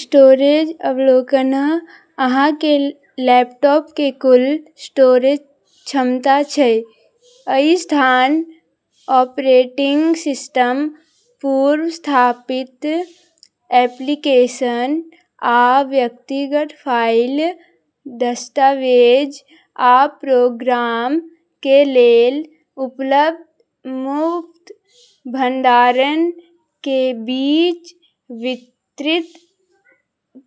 स्टोरोज अवलोकन: अहाँ के लैपटॉप के कुल स्टोरेज क्षमता छै। ई स्थान ऑपरेटिंग सिस्टम, पूर्व-स्थापित एप्लीकेशन, आ व्यक्तिगत फाइल, दस्तावेज आ प्रोग्राम के लेल उपलब्ध मुफ्त भंडारण के बीच वितरित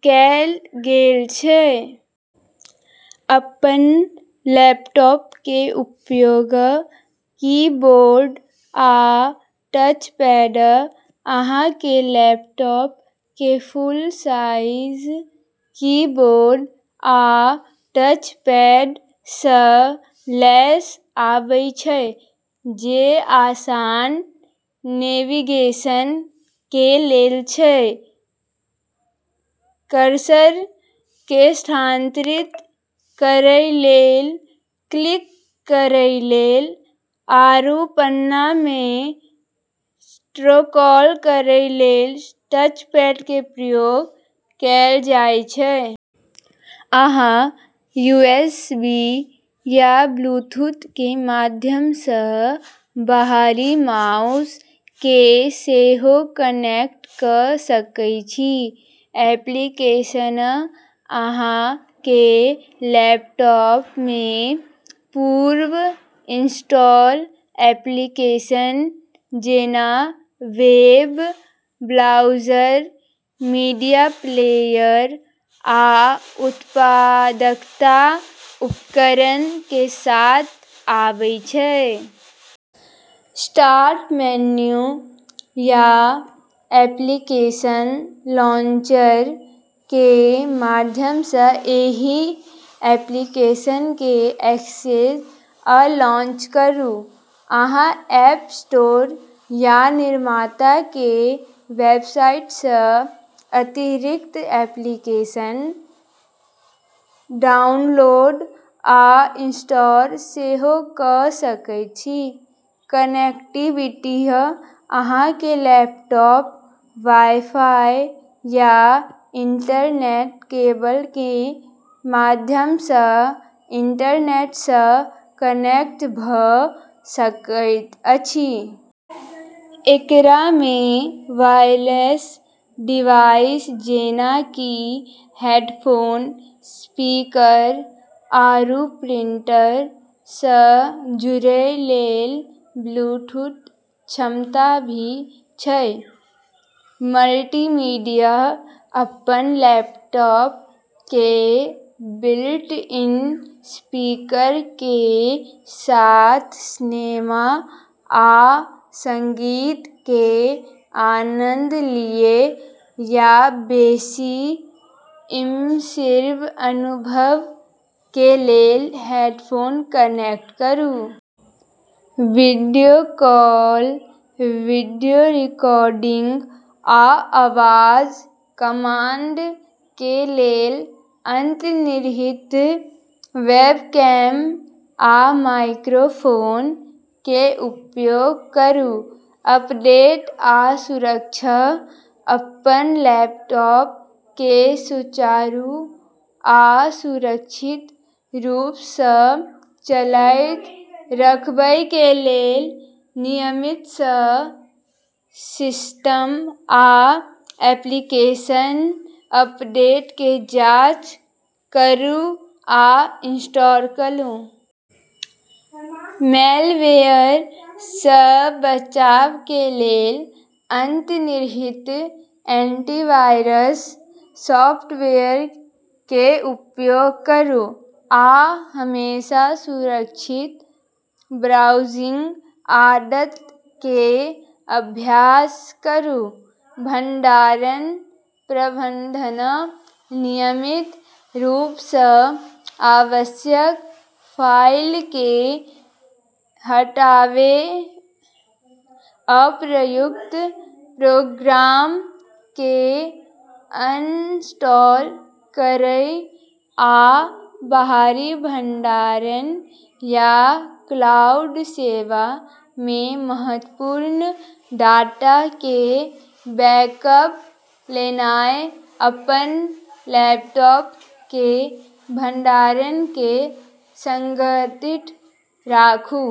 कएल गेल छै। अपन लैपटॉप के उपयोग:- कीबोर्ड आ टचपैड: अहाँ के लैपटॉप में फुल साइज कीबोर्ड आ टचपैड सँ लैस आबै छै जे आसान नेविगेशन के लेल छै। कर्सर के स्थानांतरित करै लेल, क्लिक करै लेल आरू पन्ना में स्क्रॉल करै लेल टचपैड के प्रयोग कएल जाय छै। अहाँ यूएसबी या ब्लूटूथ के माध्यम सँ बाहरी माउस के सेहो कनेक्ट क' सकय छी। एप्लीकेशन: अहाँ के लैपटॉप में पूर्व-इंस्टॉल एप्लीकेशन जेना वेब ब्राउज़र, मीडिया प्लेयर, आ उत्पादकता उपकरण के साथ आबै छै। स्टार्ट मेनू या एप्लीकेशन लांचर के माध्यम सँ एहि एप्लीकेशन के एक्सेस आ लॉन्च करूँ। अहाँ ऐप स्टोर या निर्माता के वेबसाइट सँ अतिरिक्त एप्लीकेशन डाउनलोड आ इंस्टॉल सेहो क' सकैत छी। कनेक्टिविटी: अहाँ के लैपटॉप वाई-फाई या ईथरनेट केबल के माध्यम सँ इंटरनेट सँ कनेक्ट भऽ सकैत अछि। एकरा में वायरलेस डिवाइस जेना कि हेडफोन, स्पीकर, आरू प्रिंटर सँ जुड़ै लेल ब्लूटूथ क्षमता भी छै। मल्टीमीडिया: अपन लैपटॉप के बिल्ट-इन स्पीकर के साथ सिनेमा आ संगीत के आनंद लिय, या बेसी इमर्सिव अनुभव के लेल हेडफोन कनेक्ट करू। वीडियो कॉल, वीडियो रिकॉर्डिंग, आ आवाज कमांड के लेल अंतर्निहित वेबकैम आ माइक्रोफोन के उपयोग करू। अपडेट आ सुरक्षा: अपन लैपटॉप के सुचारू आ सुरक्षित रूप सँ चलैत रखबय के लेल नियमित रूप सँ सिस्टम आ एप्लीकेशन अपडेट के जांच करू आ इंस्टॉल करू। मैलवेयर सँ बचाव के लेल अंतर्निहित एंटीवायरस सॉफ्टवेयर के उपयोग करू, आ हमेशा सुरक्षित ब्राउजिंग आदत के अभ्यास करू। भंडारण प्रबंधन: नियमित रूप सँ अनावश्यक फाइल के हटावय, अप्रयुक्त प्रोग्राम के अनइंस्टॉल करय, आ बाहरी भंडारण या क्लाउड सेवा में महत्वपूर्ण डाटा के बैकअप लेनाय, अपन लैपटॉप के भंडारण के संगठित राखूँ।